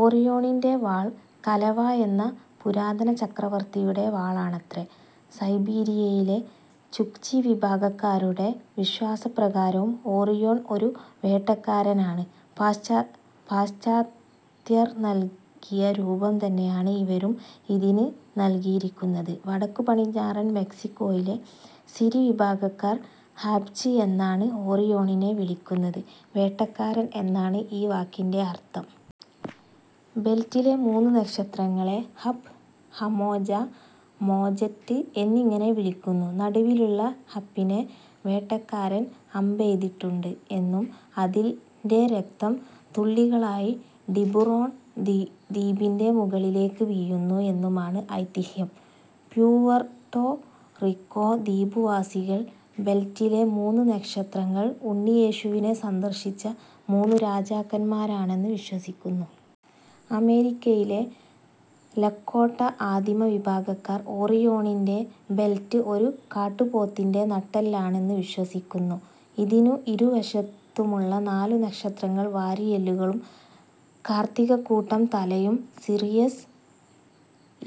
ഓറിയോണിന്റെ വാൾ കലവാ എന്ന പുരാതന ചക്രവർത്തിയുടെ വാളാണത്രെ. സൈബീരിയയിലെ ചുക്ചി വിഭാഗക്കാരുടെ വിശ്വാസപ്രകാരവും ഓറിയോൺ ഒരു വേട്ടക്കാരനാണ്. പാശ്ചാത്യർ നൽകിയ രൂപം തന്നെയാണ് ഇവരും ഇതിന് നൽകിയിരിക്കുന്നത്. വടക്കു പടിഞ്ഞാറൻ മെക്സിക്കോയിലെ സിരി വിഭാഗക്കാർ ഹാപ്ജ് എന്നാണ് ഓറിയോണിനെ വിളിക്കുന്നത്. വേട്ടക്കാരൻ എന്നാണ് ഈ വാക്കിന്റെ അർത്ഥം. ബെൽറ്റിലെ മൂന്നു നക്ഷത്രങ്ങളെ ഹപ്, ഹാമോജ, മോജെറ്റ് എന്നിങ്ങനെ വിളിക്കുന്നു. നടുവിലുള്ള ഹപിനെ വേട്ടക്കാരൻ അമ്പെയ്തിട്ടുണ്ട് എന്നും അതിന്റെ രക്തം തുള്ളികളായി ടിബുറോൺ ദ്വീപിന്റെ മുകളിലേക്കു വീഴുന്നു എന്നുമാണ് ഐതിഹ്യം. പ്യൂവെർട്ടോ റിക്കോ ദ്വീപുവാസികൾ ബെൽറ്റിലെ മൂന്നു നക്ഷത്രങ്ങൾ ഉണ്ണിയേശുവിനെ സന്ദർശിച്ച മൂന്നു രാജാക്കന്മാരാണെന്നു വിശ്വസിക്കുന്നു. അമേരിക്കയിലെ ലക്കോട്ട ആദിമ വിഭാഗക്കാർ ഓറിയോണിന്റെ ബെൽറ്റ് ഒരു കാട്ടുപോത്തിന്റെ നട്ടെല്ലാണ് എന്നു വിശ്വസിക്കുന്നു. ഇതിനു് ഇരുവശത്തുമുള്ള നാലു നക്ഷത്രങ്ങൾ വാരിയെല്ലുകളും കാർത്തികക്കൂട്ടം തലയും സിറിയസ്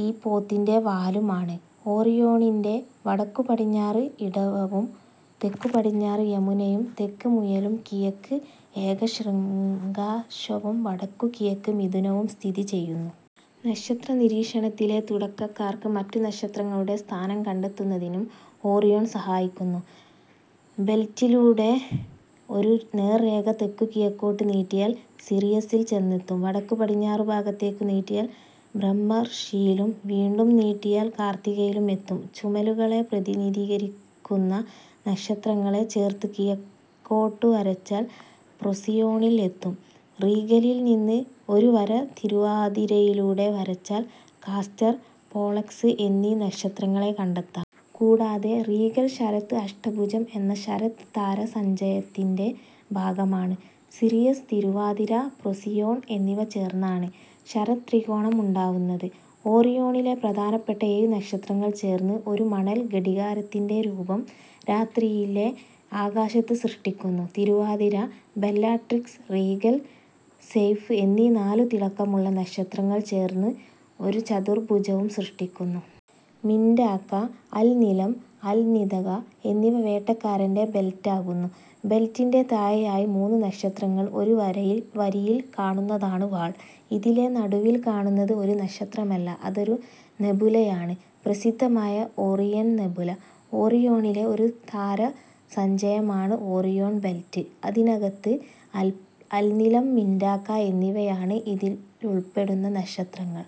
ഈ പോത്തിന്റെ വാലും ആണ്. ഓറിയോണിന്റെ വടക്കുപടിഞ്ഞാറു ഇടവവും തെക്കുപടിഞ്ഞാറു യമുനയും തെക്ക് മുയലും കിഴക്ക് ഏകശൃംഗാശ്വവും വടക്കുകിഴക്ക് മിഥുനവും സ്ഥിതി ചെയ്യുന്നു. നക്ഷത്ര നിരീക്ഷണത്തിലെ തുടക്കക്കാർക്ക് മറ്റു നക്ഷത്രങ്ങളുടെ സ്ഥാനം കണ്ടെത്തുന്നതിനും ഒറിയോൺ സഹായിക്കുന്നു. ബെൽറ്റിലൂടെ ഒരു നേർരേഖ തെക്കുകിഴക്കോട്ട് നീട്ടിയാൽ സിറിയസിൽ ചെന്നെത്തും. വടക്കുപടിഞ്ഞാറു ഭാഗത്തേക്കു നീട്ടിയാൽ ബ്രഹ്മർഷിയിലും, വീണ്ടും നീട്ടിയാൽ കാർത്തികയിലും എത്തും. ചുമലുകളെ പ്രതിനിധീകരിക്കുന്ന നക്ഷത്രങ്ങളെ ചേർത്ത് കിഴക്കോട്ടു വരച്ചാൽ പ്രോസിയോണിൽ എത്തും. റീഗലിൽ നിന്ന് ഒരു വര തിരുവാതിരയിലൂടെ വരച്ചാൽ കാസ്റ്റർ, പോളക്സ് എന്നീ നക്ഷത്രങ്ങളെ കണ്ടെത്താം. കൂടാതെ റീഗൽ ശരത് അഷ്ടഭുജം എന്ന ശരത് താരസഞ്ചയത്തിന്റെ ഭാഗമാണ്. സിറിയസ്, തിരുവാതിര, പ്രോസിയോൺ എന്നിവ ചേർന്നാണ് ശരത് ത്രികോണം ഉണ്ടാവുന്നത്. ഓറിയോണിലെ പ്രധാനപ്പെട്ട ഏഴു നക്ഷത്രങ്ങൾ ചേർന്ന് ഒരു മണൽ ഘടികാരത്തിന്റെ രൂപം രാത്രിയിലെ ആകാശത്ത് സൃഷ്ടിക്കുന്നു. തിരുവാതിര, ബെല്ലാട്രിക്സ്, റീഗൽ, സെയ്ഫ് എന്നീ നാലു തിളക്കമുള്ള നക്ഷത്രങ്ങൾ ചേർന്ന് ഒരു ചതുർഭുജവും സൃഷ്ടിക്കുന്നു. മിന്റാക്ക, അൽനിലം, അൽനിതക് എന്നിവ വേട്ടക്കാരന്റെ ബെൽറ്റ് ആകുന്നു. ബെൽറ്റിന്റെ താഴെയായി മൂന്നു നക്ഷത്രങ്ങൾ ഒരു വരിയിൽ കാണുന്നതാണ് വാൾ. ഇതിലെ നടുവിൽ കാണുന്നത് ഒരു നക്ഷത്രമല്ല. അതൊരു നെബുലയാണ്. പ്രസിദ്ധമായ ഓറിയൺ നെബുല. ഓറിയോണിലെ ഒരു താരസഞ്ചയമാണ് Orion belt. Alnitak, Alnilam, Mintaka എന്നിവയാണ് ഇതിലുൾപ്പെടുന്ന നക്ഷത്രങ്ങൾ.